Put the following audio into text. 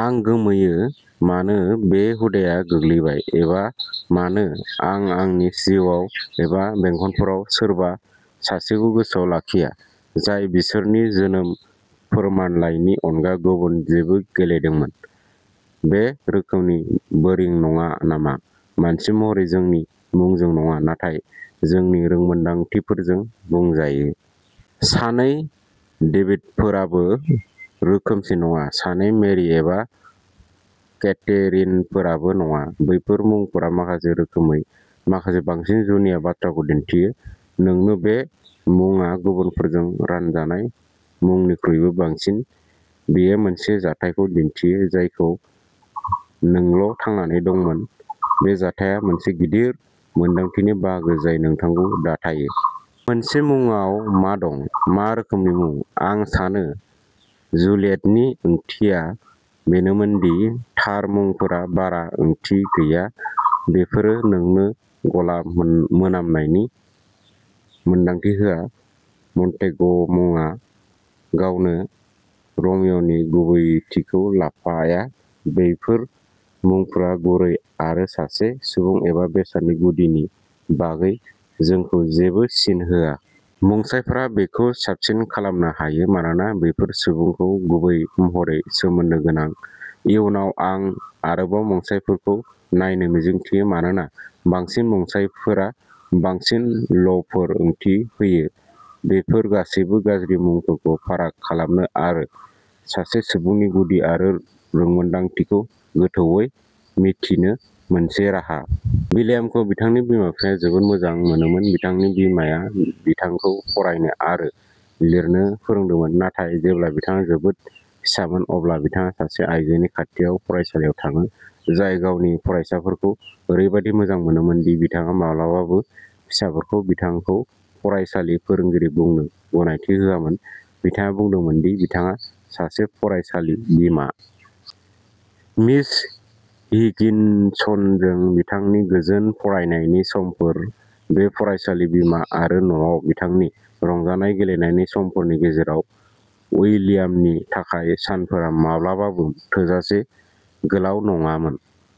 आं गोमोयो मानो बे हुदाआ गोग्लैबाय, एबा मानो आं आंनि जिउआव एबा बेंखनफोराव सोरबा सासेखौ गोसोआव लाखिया, जाय बिसोरनि जोनोम फोरमानलाइनि अनगा गुबुन जेबो गेलेदोंमोन। बे रोखोमनि बोरिं नङा नामा? मानसि महरै, जोंनि मुंजों नङा, नाथाय जोंनि रोंमोनदांथिफोरजों बुंजायो। सानै डेभिडफोराबो रोखोमसे नङा। सानै मेरि एबा केथेरिनफोरबो नङा। बैफोर मुंफोरा माखासे रोखोमै, माखासे बांसिन जुनिया बाथ्राखौ दिन्थियो। नोंनो बे मुङा गुबुनफोरजों रानजानाय मुंनिख्रुइबो बांसिन। बेयो मोनसे जाथायखौ दिन्थियो जायखौ नोंल'थांनानै दंमोन। बे जाथायआ मोनसे गिदिर मोनदांथिनि बाहागो जाय नोंखौ दाथायो। मोनसे मुंआव मा दं? मा रोखोमनि मुं? आं सानो जुलियेटनि ओंथिया बेनोमोन दि थार मुंफोरा बारा ओंथि गैया। बेफोरो नोंनो गलाब मोनामनायनि मोनदांथि होआ। मन्टेग'मुङा गावनो र'मिय'नि गुबैथिखौ लाफाया। बैफोर मुंफोरा गुरै आरो सासे सुबुं एबा बेसादनि गुदिनि बागै जोंखौ जेबो सिन होआ। मुंसायफोरा बेखौ साबसिन खालामनो हायो मानोना बेफोर सुबुंजों गुबै महरै सोमोन्दो गोनां। इयुनाव, आं आरोबाव मुंसायफोरखौ नायनो मिजिंथियो मानोना बांसिन मुंसायफोरा बांसिन सल'फोर ओंथि होयो। बेयो गासैबो गाज्रि मुंफोरखौ फाराग खालामनो आरो सासे सुबुंनि गुदि आरो रोंमोनदांथिखौ गोथौवै मिथिनो मोनसे राहा।. विलियमखौ बिथांनि बिमा-बिफाया जोबोद मोजां मोनोमोन। बिथांनि बिमाया बिथांखौ फरायनो आरो लिरनो फोरोंदोंमोन, नाथाय जेब्ला बिथाङा जोबोद फिसामोन अब्ला बिथाङा सासे आइजोनि खाथियाव फरायसालियाव थाङो, जाय गावनि फरायसाफोरखौ ओरैबादि मोजां मोनोमोन दि बिथाङा माब्लाबाबो मानसिफोरखौ बिथांखौ फरायसालि-फोरोंगिरि बुंनो गनायथि होआमोन-- बिथाङा बुंदोंमोन दि बिथाङा सासे फरायसालि-बिमा। मिस हिगिनसनजों बिथांनि गोजोन फरायनायनि समफोर, बे फरायसालि-बिमा, आरो न'आव बिथांनि रंजानाय गेलेनायनि समफोरनि गेजेराव, उइलियामनि थाखाय सानफोरा माब्लाबाबो थोजासे गोलाव नङामोन।